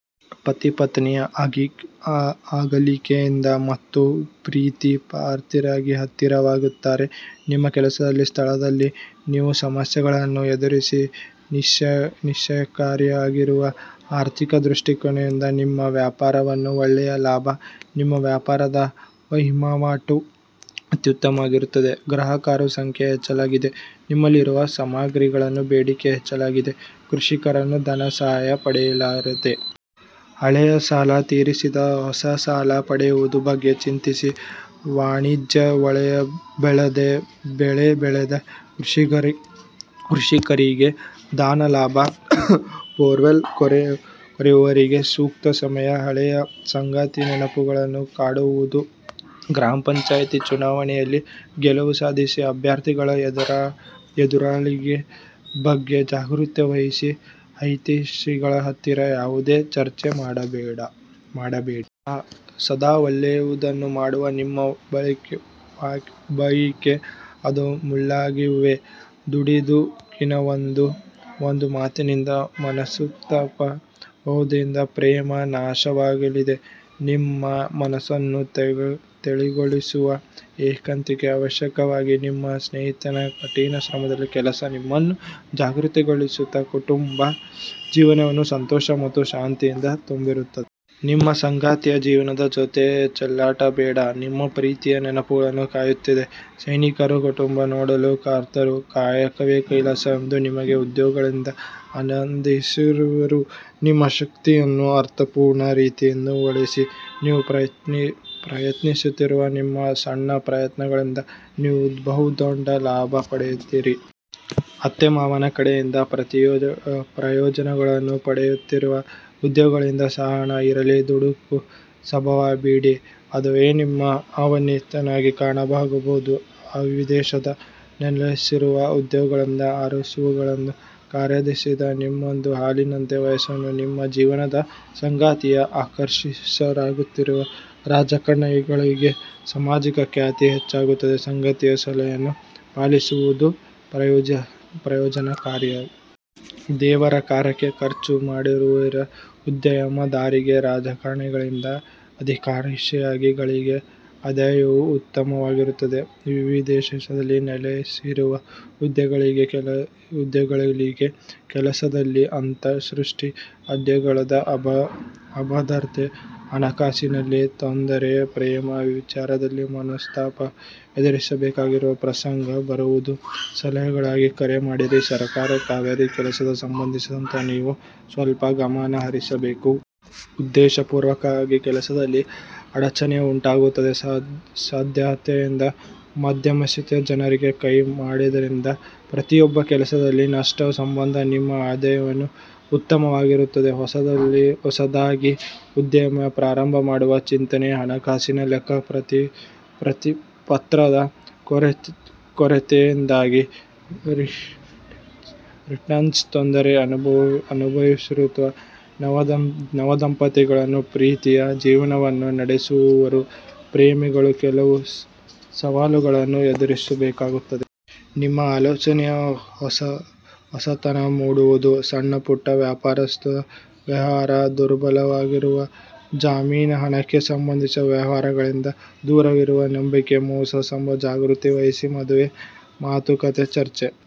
ಪತಿ-ಪತ್ನಿ ಅಗಲಿಕೆಯಿಂದ ಮತ್ತೆ ಪ್ರೀತಿಪಾತ್ರರಿಗೆ ಹತ್ತಿರವಾಗುತ್ತಾರೆ. ನಿಮ್ಮ ಕೆಲಸದ ಸ್ಥಳದಲ್ಲಿ ನೀವು ಸಮಸ್ಯೆಗಳನ್ನು ಎದುರಿಸಿ ನಿಸ್ಸಾಯಕರಾಗುವಿರಿ. ಆರ್ಥಿಕ ದೃಷ್ಟಿಕೋನದಿಂದ ನಿಮ್ಮ ವ್ಯಾಪಾರವು ಒಳ್ಳೆಯ ಲಾಭ. ನಿಮ್ಮ ವ್ಯಾಪಾರ ವಹಿವಾಟು ಅತ್ಯುತ್ತಮವಾಗಿರುತ್ತದೆ. ಗ್ರಾಹಕರ ಸಂಖ್ಯೆ ಹೆಚ್ಚಾಗಲಿದೆ, ನಿಮ್ಮಲ್ಲಿರುವ ಸಾಮಗ್ರಿಗಳ ಬೇಡಿಕೆ ಹೆಚ್ಚಾಗಲಿದೆ. ಕೃಷಿಕರು ಧನ ಸಹಾಯ ಪಡೆಯಲಿದ್ದಾರೆ. ಹಳೆಯ ಸಾಲ ತೀರಿಸಿ, ಹೊಸ ಸಾಲ ಪಡೆಯುವ ಬಗ್ಗೆ ಚಿಂತನೆ. ವಾಣಿಜ್ಯ ಬೆಳೆ ಬೆಳೆದ ಕೃಷಿಕರಿಗೆ ಧನಲಾಭ. ಬೋರ್ವೆಲ್ ಕೊರೆಯುವರಿಗೆ ಸೂಕ್ತ ಸಮಯ. ಹಳೆಯ ಸಂಗಾತಿ ನೆನಪುಗಳು ಕಾಡುವವು. ಗ್ರಾಮ ಪಂಚಾಯಿತಿ ಚುನಾವಣೆಯಲ್ಲಿ ಗೆಲುವು ಸಾಧಿಸಿದ ಅಭ್ಯರ್ಥಿಗಳು ಎದುರಾಳಿಗಳ ಬಗ್ಗೆ ಜಾಗೃತಿ ವಹಿಸಿ. ಹಿತೈಷಿಗಳ ಹತ್ತಿರ ಯಾವುದೇ ಚರ್ಚೆ ಮಾಡಬೇಡಿ. ಸದಾ ಒಳ್ಳೆಯದನ್ನು ಮಾಡುವ ನಿಮ್ಮ ಬಯಕೆ ಅದು ಮುಳ್ಳಾಗಲಿವೆ. ದುಡುಕಿನ ಒಂದೇ ಒಂದು ಮಾತಿನಿಂದ ಮನಸ್ತಾಪ ಬಹುದಿನದ ಪ್ರೇಮ ನಾಶವಾಗಲಿದೆ. ನಿಮ್ಮ ಮನಸ್ಸನ್ನು ತಿಳಿಗೊಳಿಸಲು ಏಕಾಂಗಿತನ ಅವಶ್ಯಕವಾಗಿದೆ. ನಿಮ್ಮ ಸ್ನೇಹಿತನ ಕಠಿಣ ಶ್ರಮದ ಕೆಲಸ ನಿಮ್ಮನ್ನು ಜಾಗೃತಗೊಳಿಸುತ್ತದೆ. ಕುಟುಂಬದ ಜೀವನವು ಸಂತೋಷ ಮತ್ತು ಶಾಂತಿಯಿಂದ ತುಂಬಿರುತ್ತದೆ. ನಿಮ್ಮ ಸಂಗಾತಿಯ ಜೀವನದ ಜೊತೆ ಚೆಲ್ಲಾಟ ಬೇಡ. ನಿಮ್ಮ ಪ್ರೀತಿಯ ನೆನಪುಗಳು ಕಾಯುತ್ತಿದೆ. ಸೈನಿಕರು ಕುಟುಂಬ ನೋಡಲು ಕಾತುರ. "ಕಾಯಕವೇ ಕೈಲಾಸ "ಎಂದ ನಿಮಗೆ ಉದ್ಯೋಗದಲ್ಲಿ ಆನಂದಿಸುವಿರಿ. ನಿಮ್ಮ ಶಕ್ತಿಯನ್ನು ಅರ್ಥಪೂರ್ಣ ರೀತಿಯಲ್ಲಿ ಬಳಸಲು ನೀವು ಪ್ರಯತ್ನಿಸುತ್ತೀರಿ. ನಿಮ್ಮ ಸಣ್ಣ ಪ್ರಯತ್ನಗಳಿಂದ ನೀವು ಬಹುದೊಡ್ಡ ಲಾಭ ಪಡೆದಿದ್ದೀರಿ. ಅತ್ತೆ-ಮಾವನ ಕಡೆಯಿಂದ ಪ್ರಯೋಜನಗಳನ್ನು ಪಡೆಯುತ್ತೀರಿ. ಉದ್ಯೋಗದಲ್ಲಿ ಸಹನೆ ಇರಲಿ ದುಡುಕು ಸಭಾವ ಬಿಡಿ ಅದುವೇ ನಿಮ್ಮ ಅವನತಿಗೆ ಕಾರಣವಾಗಬಹುದು. ವಿದೇಶದಲ್ಲಿ ನೆಲೆಸಿರುವ ಉದ್ಯೋಗ ಅರಸುವವರಿಗೆ ಕಾರ್ಯಸಿದ್ಧಿ, ನಿಮ್ಮದು ಹಾಲಿನಂತ ಮನಸ್ಸು, ನಿಮ್ಮ ಜೀವನ ಸಂಗಾತಿಗೆ ಆಕರ್ಷಿತರಾಗುತ್ತೀರಿ. ರಾಜಕಾರಣಿಗಳಿಗೆ ಸಾಮಾಜಿಕ ಖ್ಯಾತಿ ಹೆಚ್ಚಾಗುತ್ತದೆ. ಸಂಗಾತಿಯ ಸಲಹೆಯನ್ನು ಪಾಲಿಸುವುದು ಪ್ರಯೋಜನಕಾರಿ. ದೇವರ ಕಾರ್ಯಕ್ಕೆ ಖರ್ಚು ಮಾಡುವಿರಿ. ಉದ್ಯಮ ದಾರರಿಗೆ, ರಾಜಕಾರಣಿಗಳಿಗೆ, ಅಧಿಕಾರಿಶಾಹಿ ಗಳಿಗೆ ಆದಾಯವೂ ಉತ್ತಮವಾಗಿರುತ್ತದೆ. ವಿದೇಶದಲ್ಲಿ ನೆಲೆಸಿರುವ ಉದ್ಯೋಗಿಗಳಿಗೆ ಕೆಲಸದಲ್ಲಿ ಆತಂಕ ಸೃಷ್ಟಿ, ಉದ್ಯೋಗದಲ್ಲಿ ಅಭದ್ರತೆ, ಹಣಕಾಸಿನಲ್ಲಿ ತೊಂದರೆ, ಪ್ರೇಮ ವಿಚಾರದಲ್ಲಿ ಮನಸ್ತಾಪ ಎದುರಿಸಬೇಕಾಗುವ ಪ್ರಸಂಗ ಬರುವುದು. ಸಲಹೆಗಳಿಗಾಗಿ ಕರೆ ಮಾಡಿರಿ. ಸರ್ಕಾರಿ ಕಛೇರಿ ಕೆಲಸಗಳ ಸಂಬಂಧಿಸಿದಂತೆ ನೀವು ಸ್ವಲ್ಪ ಗಮನ ಹರಿಸಬೇಕು. ಉದ್ದೇಶ ಪೂರ್ವಕವಾಗಿ ಕೆಲಸದಲ್ಲಿ ಅಡಚಣೆ ಉಂಟಾಗುವ ಸಾಧ್ಯತೆಯಿದೆ. ಮಧ್ಯಸ್ಥಿಕೆ ಜನರ ಕೈವಾಡದಿಂದ ಪ್ರತಿಯೊಂದು ಕೆಲಸದಲ್ಲಿ ನಷ್ಟ ಸಂಭವ. ನಿಮ್ಮ ಆದಾಯವು ಉತ್ತಮವಾಗಿರುತ್ತದೆ. ಹೊಸದಾಗಿ ಉದ್ಯಮ ಪ್ರಾರಂಭ ಮಾಡುವ ಚಿಂತನೆ. ಹಣಕಾಸಿನ ಲೆಕ್ಕಪತ್ರದ ಕೊರತೆಯಿಂದಾಗಿ ರಿಟರ್ನ್ಸ್ ತೊಂದರೆ ಅನುಭವಿಸುವಿರಿ. ನವದಂಪತಿಗಳು ಪ್ರೀತಿಯ ಜೀವನವನ್ನು ನಡೆಸುವವರು. ಪ್ರೇಮಿಗಳು ಕೆಲವು ಸವಾಲುಗಳನ್ನು ಎದುರಿಸಬೇಕಾಗುತ್ತದೆ. ನಿಮ್ಮ ಆಲೋಚನೆಯಲ್ಲಿ ಹೊಸತನ ಮೂಡುವುದು. ಸಣ್ಣಪುಟ್ಟ ವ್ಯಾಪಾರಸ್ಥರ ವ್ಯವಹಾರ ದುರ್ಬಲವಾಗಿರುತ್ತದೆ. ಜಾಮೀನು ಹಣಕ್ಕೆ ಸಂಬಂಧಿಸಿದ ವ್ಯವಹಾರಗಳಿಂದ ದೂರವಿರಿ. ನಂಬಿಕೆ ಮೋಸ ಸಂಭವ ಜಾಗೃತಿ ವಹಿಸಿ. ಮದುವೆ ಮಾತುಕತೆ ಚರ್ಚೆ.